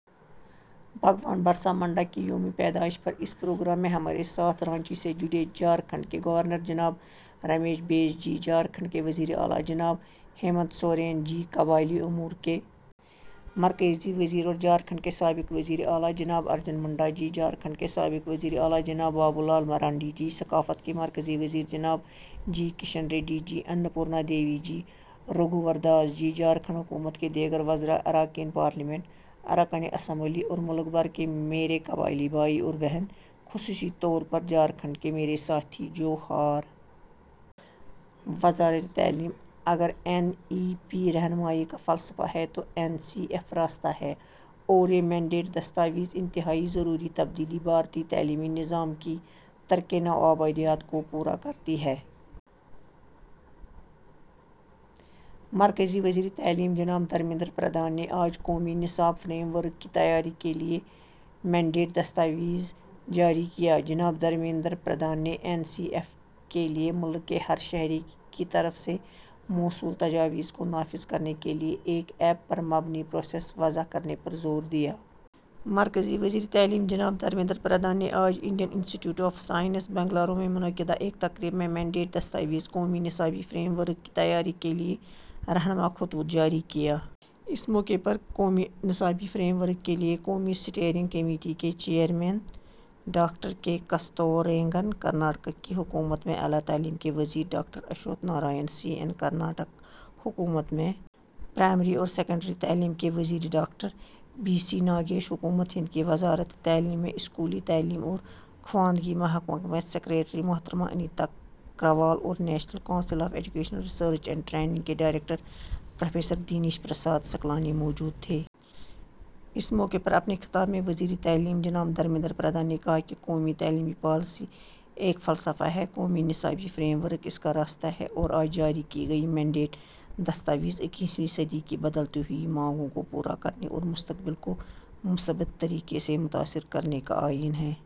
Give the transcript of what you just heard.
بھگوان برسا منڈا کی یوم پیدائش پر اس پروگرام میں ہمارے ساتھ رانچی سے جڑے جھارکھنڈ کے گورنر جناب رمیش بیس جی، جھارکھنڈ کے وزیر اعلیٰ جناب ہیمنت سورین جی، قبائلی امور کے مرکزی وزیر اور جھارکھنڈ کے سابق وزیر اعلیٰ جناب ارجن منڈا جی، جھارکھنڈ کے سابق وزیر اعلیٰ جناب بابولال مرانڈی جی، ثقافت کے مرکزی وزیر جناب جی کشن ریڈی جی، ان پورنا دیوی جی، رگھوور داس جی، جھارکھنڈ حکومت کے دیگر وزراء، اراکین پارلیمنٹ، اراکین اسمبلی اور ملک بھر کے میرے قبائلی بھائی اور بہن، خصوصی طور پر جھارکھنڈ کے میرے ساتھی، جوہار! وزارت تعلیم۔ اگر این ای پی رہنمائی کا فلسفہ ہے تو این سی ایف راستہ ہے، اور یہ مینڈیٹ دستاویز انتہائی ضروری تبدیلی، بھارتی تعلیمی نظام کی ترکِ نوآبادیات، کو پورا کرتی ہے۔ مرکزی وزیر تعلیم جناب دھرمیندر پردھان نے آج قومی نصاب فریم ورک کی تیاری کے لیے مینڈیٹ دستاویز جاری کیا۔ جناب دھرمیندر پردھان نے این سی ایف کے لیے ملک کے ہر شہری کی طرف سے موصول تجاویز کو نافذ کرنے کے لیے ایک ایپ پر مبنی پروسیس وضع کرنے پر زور دیا۔ مرکزی وزیر تعلیم جناب دھرمیندر پردھان نے آج Indian Institute of Science, Bengaluru میں منعقدہ ایک تقریب میں مینڈیٹ دستاویز، قومی نصابی فریم ورک کی تیاری کے لیے رہنما خطوط، جاری کیا۔ اس موقع پر قومی نصابی فریم ورک کے لیے قومی اسٹیئرنگ کمیٹی کے chairman doctor K. Kasturirangan, Karnataka کی حکومت میں اعلیٰ تعلیم کے وزیر doctor Ashwath Narayan C N, Karnataka حکومت میں پرائمری اور سیکنڈری تعلیم کے وزیر ڈاکٹر بی سی ناگیش، حکومت ہند کی وزارت تعلیم میں اسکولی تعلیم اور خواندگی محکمہ میں سکریٹری محترمہ انیتا کروال اور national council of educational research and training کے ڈائریکٹر پروفیسر دنیش پرساد سکلانی موجود تھے۔ اس موقع پر اپنے خطاب میں وزیر تعلیم جناب دھرمیندر پردھان نے کہا کہ قومی تعلیمی پالیسی ایک فلسفہ ہے، قومی نصابی فریم ورک اس کا راستہ ہے اور آج جاری کی گئی مینڈیٹ دستاویز اکیسویں صدی کی بدلتی ہوئی مانگوں کو پورا کرنے اور مستقبل کو مثبت طریقے سے متاثر کرنے کا آئین ہے۔